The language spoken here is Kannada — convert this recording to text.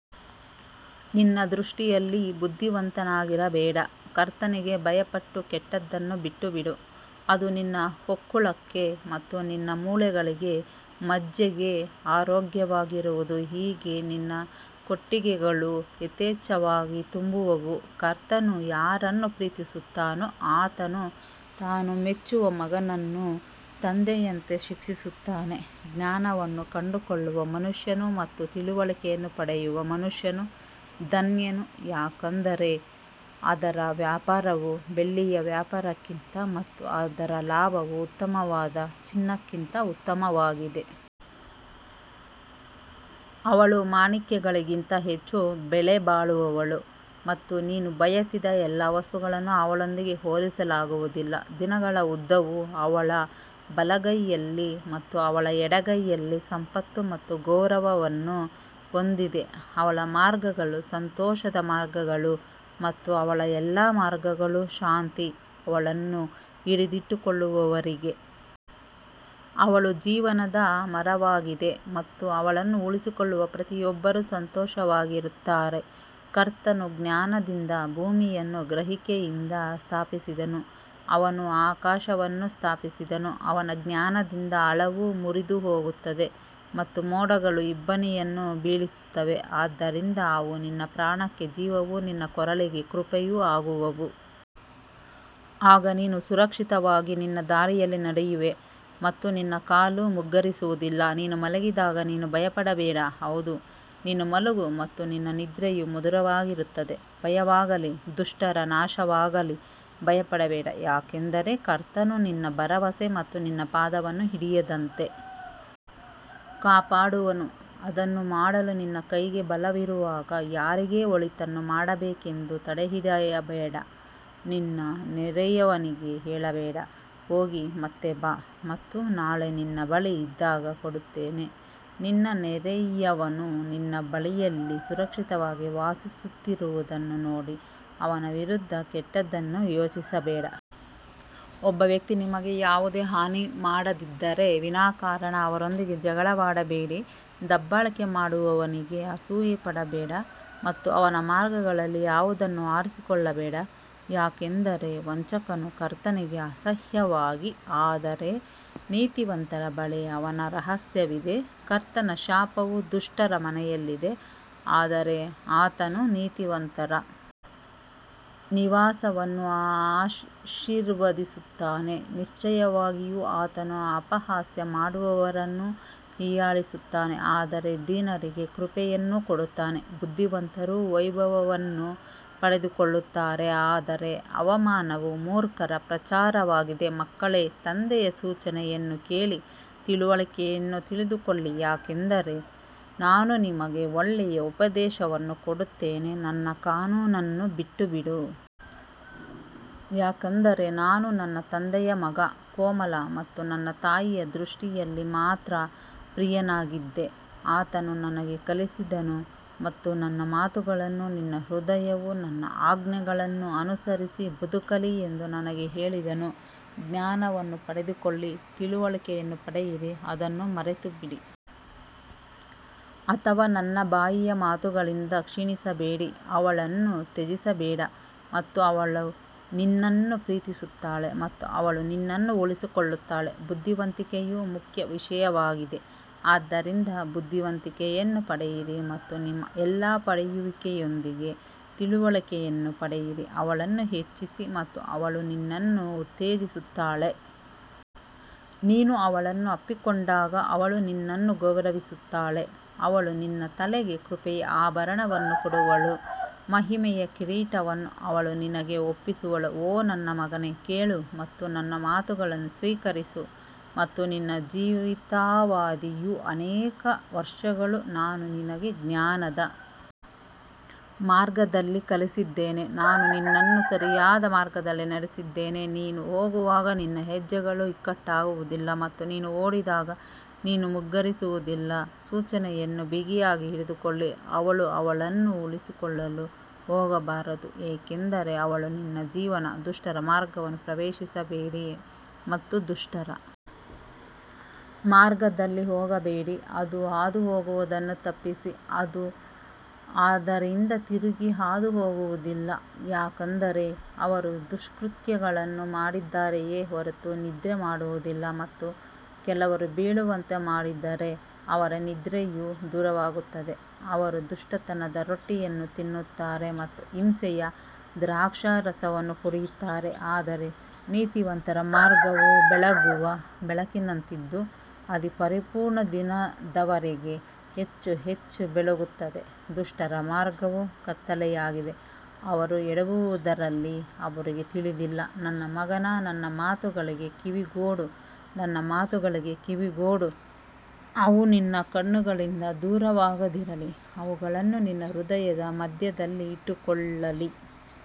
ನಿನ್ನ ದೃಷ್ಟಿಯಲ್ಲಿ ಬುದ್ಧಿವಂತನಾಗಿರಬೇಡ, ಕರ್ತನಿಗೆ ಭಯಪಟ್ಟು ಕೆಟ್ಟದ್ದನ್ನು ಬಿಟ್ಟುಬಿಡು ಅದು ನಿನ್ನ ಹೊಕ್ಕುಳಕ್ಕೆ ಮತ್ತು ನಿನ್ನ ಮೂಳೆಗಳಿಗೆ ಮಜ್ಜೆಗೆ ಆರೋಗ್ಯವಾಗಿರುವುದು ಹೀಗೆ ನಿನ್ನ ಕೊಟ್ಟಿಗೆಗಳು ಯಥೇಚ್ಛವಾಗಿ ತುಂಬುವವು ಕರ್ತನು ಯಾರನ್ನು ಪ್ರೀತಿಸುತ್ತಾನೋ ಆತನು ತಾನು ಮೆಚ್ಚುವ ಮಗನನ್ನು ತಂದೆಯಂತೆ ಶಿಕ್ಷಿಸುತ್ತಾನೆ ಜ್ಞಾನವನ್ನು ಕಂಡುಕೊಳ್ಳುವ ಮನುಷ್ಯನು ಮತ್ತು ತಿಳುವಳಿಕೆಯನ್ನು ಪಡೆಯುವ ಮನುಷ್ಯನು ಧನ್ಯನು ಯಾಕಂದರೆ ಅದರ ವ್ಯಾಪಾರವು ಬೆಳ್ಳಿಯ ವ್ಯಾಪಾರಕ್ಕಿಂತ ಮತ್ತು ಅದರ ಲಾಭವು ಉತ್ತಮವಾದ ಚಿನ್ನಕ್ಕಿಂತ ಉತ್ತಮವಾಗಿದೆ. ಅವಳು ಮಾಣಿಕ್ಯಗಳಿಗಿಂತ ಹೆಚ್ಚು ಬೆಲೆಬಾಳುವವಳು ಮತ್ತು ನೀನು ಬಯಸಿದ ಎಲ್ಲಾ ವಸ್ತುಗಳನ್ನು ಅವಳೊಂದಿಗೆ ಹೋಲಿಸಲಾಗುವುದಿಲ್ಲ ದಿನಗಳ ಉದ್ದವು ಅವಳ ಬಲಗೈಯಲ್ಲಿ ಮತ್ತು ಅವಳ ಎಡಗೈಯಲ್ಲಿ ಸಂಪತ್ತು ಮತ್ತು ಗೌರವವನ್ನು ಹೊಂದಿದೆ ಅವಳ ಮಾರ್ಗಗಳು ಸಂತೋಷದ ಮಾರ್ಗಗಳು ಮತ್ತು ಅವಳ ಎಲ್ಲಾ ಮಾರ್ಗಗಳು ಶಾಂತಿ ಅವಳನ್ನು ಹಿಡಿದಿಟ್ಟುಕೊಳ್ಳುವವರಿಗೆ ಅವಳು ಜೀವನದ ಮರವಾಗಿದೆ ಮತ್ತು ಅವಳನ್ನು ಉಳಿಸಿಕೊಳ್ಳುವ ಪ್ರತಿಯೊಬ್ಬರೂ ಸಂತೋಷವಾಗಿರುತ್ತಾರೆ ಕರ್ತನು ಜ್ಞಾನದಿಂದ ಭೂಮಿಯನ್ನು ಗ್ರಹಿಕೆಯಿಂದ ಸ್ಥಾಪಿಸಿದನು, ಅವನು ಆಕಾಶವನ್ನು ಸ್ಥಾಪಿಸಿದನು ಅವನ ಜ್ಞಾನದಿಂದ ಆಳವು ಮುರಿದುಹೋಗುತ್ತದೆ ಮತ್ತು ಮೋಡಗಳು ಇಬ್ಬನಿಯನ್ನು ಬೀಳಿಸುತ್ತವೆ ಆದ್ದರಿಂದ ಅವು ನಿನ್ನ ಪ್ರಾಣಕ್ಕೆ ಜೀವವೂ ನಿನ್ನ ಕೊರಳಿಗೆ ಕೃಪೆಯೂ ಆಗುವವು ಆಗ ನೀನು ಸುರಕ್ಷಿತವಾಗಿ ನಿನ್ನ ದಾರಿಯಲ್ಲಿ ನಡೆಯುವೆ ಮತ್ತು ನಿನ್ನ ಕಾಲು ಮುಗ್ಗರಿಸುವುದಿಲ್ಲ ನೀನು ಮಲಗಿದಾಗ ನೀನು ಭಯಪಡಬೇಡ ಹೌದು ನೀನು ಮಲಗು ಮತ್ತು ನಿನ್ನ ನಿದ್ರೆಯು ಮಧುರವಾಗಿರುತ್ತದೆ ಭಯವಾಗಲಿ ದುಷ್ಟರ ನಾಶವಾಗಲಿ ಭಯಪಡಬೇಡ ಯಾಕಂದರೆ ಕರ್ತನು ನಿನ್ನ ಭರವಸೆ ಮತ್ತು ನಿನ್ನ ಪಾದವನ್ನು ಹಿಡಿಯದಂತೆ ಕಾಪಾಡುವನು ಅದನ್ನು ಮಾಡಲು ನಿನ್ನ ಕೈಗೆ ಬಲವಿರುವಾಗ ಯಾರಿಗೆ ಒಳಿತನ್ನು ಮಾಡಬೇಕೆಂದು ತಡೆಹಿಡಿಯಬೇಡ ನಿನ್ನ ನೆರೆಯವನಿಗೆ ಹೇಳಬೇಡ ಹೋಗಿ ಮತ್ತೆ ಬಾ ಮತ್ತು ನಾಳೆ ನಿನ್ನ ಬಳಿ ಇದ್ದಾಗ ಕೊಡುತ್ತೇನೆ ನಿನ್ನ ನೆರೆಯವನು ನಿನ್ನ ಬಳಿಯಲ್ಲಿ ಸುರಕ್ಷಿತವಾಗಿ ವಾಸಿಸುತ್ತಿರುವುದನ್ನು ನೋಡಿ ಅವನ ವಿರುದ್ಧ ಕೆಟ್ಟದ್ದನ್ನು ಯೋಚಿಸಬೇಡ ಒಬ್ಬ ವ್ಯಕ್ತಿ ನಿಮಗೆ ಯಾವುದೇ ಹಾನಿ ಮಾಡದಿದ್ದರೆ ವಿನಾಕಾರಣ ಅವರೊಂದಿಗೆ ಜಗಳವಾಡಬೇಡಿ ದಬ್ಬಾಳಿಕೆ ಮಾಡುವವನಿಗೆ ಅಸೂಯೆಪಡಬೇಡ ಮತ್ತು ಅವನ ಮಾರ್ಗಗಳಲ್ಲಿ ಯಾವುದನ್ನೂ ಆರಿಸಿಕೊಳ್ಳಬೇಡ ಯಾಕಂದರೆ ವಂಚಕನು ಕರ್ತನಿಗೆ ಅಸಹ್ಯವಾಗಿದೆ ಆದರೆ ನೀತಿವಂತರ ಬಳಿ ಅವನ ರಹಸ್ಯವಿದೆ ಕರ್ತನ ಶಾಪವು ದುಷ್ಟರ ಮನೆಯಲ್ಲಿದೆ ಆದರೆ ಆತನು ನೀತಿವಂತರ ನಿವಾಸವನ್ನು ಆಶೀರ್ವದಿಸುತ್ತಾನೆ ನಿಶ್ಚಯವಾಗಿಯೂ ಆತನು ಅಪಹಾಸ್ಯ ಮಾಡುವವರನ್ನು ಹೀಯಾಳಿಸುತ್ತಾನೆ ಆದರೆ ದೀನರಿಗೆ ಕೃಪೆಯನ್ನು ಕೊಡುತ್ತಾನೆ ಬುದ್ಧಿವಂತರು ವೈಭವವನ್ನು ಪಡೆದುಕೊಳ್ಳುತ್ತಾರೆ ಆದರೆ ಅವಮಾನವು ಮೂರ್ಖರ ಪ್ರಚಾರವಾಗಿದೆ ಮಕ್ಕಳೇ ತಂದೆಯ ಸೂಚನೆಯನ್ನು ಕೇಳಿ ತಿಳುವಳಿಕೆಯನ್ನು ತಿಳಿದುಕೊಳ್ಳಿ ಯಾಕಂದರೆ ನಾನು ನಿಮಗೆ ಒಳ್ಳೆಯ ಉಪದೇಶವನ್ನು ಕೊಡುತ್ತೇನೆ ನನ್ನ ಕಾನೂನನ್ನು ಬಿಟ್ಟುಬಿಡಿ ಯಾಕಂದರೆ ನಾನು ನನ್ನ ತಂದೆಯ ಮಗ ಕೋಮಲ ಮತ್ತು ನನ್ನ ತಾಯಿಯ ದೃಷ್ಟಿಯಲ್ಲಿ ಮಾತ್ರ ಪ್ರಿಯನಾಗಿದ್ದೆ ಆತನು ನನಗೆ ಕಲಿಸಿದನು ಮತ್ತು ನನ್ನ ಮಾತುಗಳನ್ನು ನಿನ್ನ ಹೃದಯವು ನನ್ನ ಆಜ್ಞೆಗಳನ್ನು ಅನುಸರಿಸಿ ಬದುಕಲಿ ಎಂದು ನನಗೆ ಹೇಳಿದನು ಜ್ಞಾನವನ್ನು ಪಡೆದುಕೊಳ್ಳಿ ತಿಳುವಳಿಕೆಯನ್ನು ಪಡೆಯಿರಿ ಅದನ್ನು ಮರೆತುಬಿಡಿ ಅಥವಾ ನನ್ನ ಬಾಯಿಯ ಮಾತುಗಳಿಂದ ಕ್ಷೀಣಿಸಬೇಡಿ ಅವಳನ್ನು ತ್ಯಜಿಸಬೇಡ ಮತ್ತು ಅವಳು ನಿನ್ನನ್ನು ಪ್ರೀತಿಸುತ್ತಾಳೆ ಮತ್ತು ಅವಳು ನಿನ್ನನ್ನು ಉಳಿಸಿಕೊಳ್ಳುತ್ತಾಳೆ ಬುದ್ಧಿವಂತಿಕೆಯು ಮುಖ್ಯ ವಿಷಯವಾಗಿದೆ, ಆದ್ದರಿಂದ ಬುದ್ಧಿವಂತಿಕೆಯನ್ನು ಪಡೆಯಿರಿ ಮತ್ತು ನಿಮ್ಮ ಎಲ್ಲಾ ಪಡೆಯುವಿಕೆಯೊಂದಿಗೆ ತಿಳುವಳಿಕೆಯನ್ನು ಪಡೆಯಿರಿ ಅವಳನ್ನು ಹೆಚ್ಚಿಸಿ ಮತ್ತು ಅವಳು ನಿನ್ನನ್ನು ಉತ್ತೇಜಿಸುತ್ತಾಳೆ, ನೀನು ಅವಳನ್ನು ಅಪ್ಪಿಕೊಂಡಾಗ ಅವಳು ನಿನ್ನನ್ನು ಗೌರವಿಸುತ್ತಾಳೆ ಅವಳು ನಿನ್ನ ತಲೆಗೆ ಕೃಪೆಯ ಆಭರಣವನ್ನು ಕೊಡುವಳು, ಮಹಿಮೆಯ ಕಿರೀಟವನ್ನು ಅವಳು ನಿನಗೆ ಒಪ್ಪಿಸುವಳು ಓ ನನ್ನ ಮಗನೇ ಕೇಳು ಮತ್ತು ನನ್ನ ಮಾತುಗಳನ್ನು ಸ್ವೀಕರಿಸು ಮತ್ತು ನಿನ್ನ ಜೀವಿತಾವಧಿಯು ಅನೇಕ ವರ್ಷಗಳು ನಾನು ನಿನಗೆ ಜ್ಞಾನದ ಮಾರ್ಗದಲ್ಲಿ ಕಲಿಸಿದ್ದೇನೆ, ನಾನು ನಿನ್ನನ್ನು ಸರಿಯಾದ ಮಾರ್ಗದಲ್ಲಿ ನಡೆಸಿದ್ದೇನೆ ನೀನು ಹೋಗುವಾಗ ನಿನ್ನ ಹೆಜ್ಜೆಗಳು ಇಕ್ಕಟ್ಟಾಗುವುದಿಲ್ಲ ಮತ್ತು ನೀನು ಓಡಿದಾಗ ನೀನು ಮುಗ್ಗರಿಸುವುದಿಲ್ಲ ಸೂಚನೆಯನ್ನು ಬಿಗಿಯಾಗಿ ಹಿಡಿದುಕೊಳ್ಳಿ, ಅವಳು ಅವಳನ್ನು ಉಳಿಸಿಕೊಳ್ಳಲು ಹೋಗಬಾರದು ಏಕೆಂದರೆ ಅವಳು ನಿನ್ನ ಜೀವನ ದುಷ್ಟರ ಮಾರ್ಗವನ್ನು ಪ್ರವೇಶಿಸಬೇಡಿ ಮತ್ತು ದುಷ್ಟರ ಮಾರ್ಗದಲ್ಲಿ ಹೋಗಬೇಡಿ ಅದು ಹಾದುಹೋಗುವುದನ್ನು ತಪ್ಪಿಸಿ ಅದು ಅದರಿಂದ ತಿರುಗಿ ಹಾದುಹೋಗುವುದಿಲ್ಲ ಯಾಕಂದರೆ ಅವರು ದುಷ್ಕೃತ್ಯಗಳನ್ನು ಮಾಡಿದ್ದಾರೆಯೇ ಹೊರತು ನಿದ್ರೆ ಮಾಡುವುದಿಲ್ಲ ಮತ್ತು ಕೆಲವರು ಬೀಳುವಂತೆ ಮಾಡದಿದ್ದರೆ ಅವರ ನಿದ್ರೆಯು ದೂರವಾಗುತ್ತದೆ ಅವರು ದುಷ್ಟತನದ ರೊಟ್ಟಿಯನ್ನು ತಿನ್ನುತ್ತಾರೆ ಮತ್ತು ಹಿಂಸೆಯ ದ್ರಾಕ್ಷಾರಸವನ್ನು ಕುಡಿಯುತ್ತಾರೆ ಆದರೆ ನೀತಿವಂತರ ಮಾರ್ಗವು ಬೆಳಗುವ ಬೆಳಕಿನಂತಿದ್ದು ಅದು ಪರಿಪೂರ್ಣ ದಿನದವರೆಗೆ ಹೆಚ್ಚು ಹೆಚ್ಚು ಬೆಳಗುತ್ತದೆ ದುಷ್ಟರ ಮಾರ್ಗವು ಕತ್ತಲೆಯಾಗಿದೆ, ಅವರು ಎಡವುವುದರಲ್ಲಿ ಅವರಿಗೆ ತಿಳಿದಿಲ್ಲ ನನ್ನ ಮಗ ನನ್ನ ಮಾತುಗಳಿಗೆ ಕಿವಿಗೊಡು, ನನ್ನ ಮಾತುಗಳಿಗೆ ಕಿವಿಗೊಡು ಅವು ನಿನ್ನ ಕಣ್ಣುಗಳಿಂದ ದೂರವಾಗದಿರಲಿ, ಅವುಗಳನ್ನು ನಿನ್ನ ಹೃದಯದ ಮಧ್ಯದಲ್ಲಿ ಇಟ್ಟುಕೊಳ್ಳಲಿ.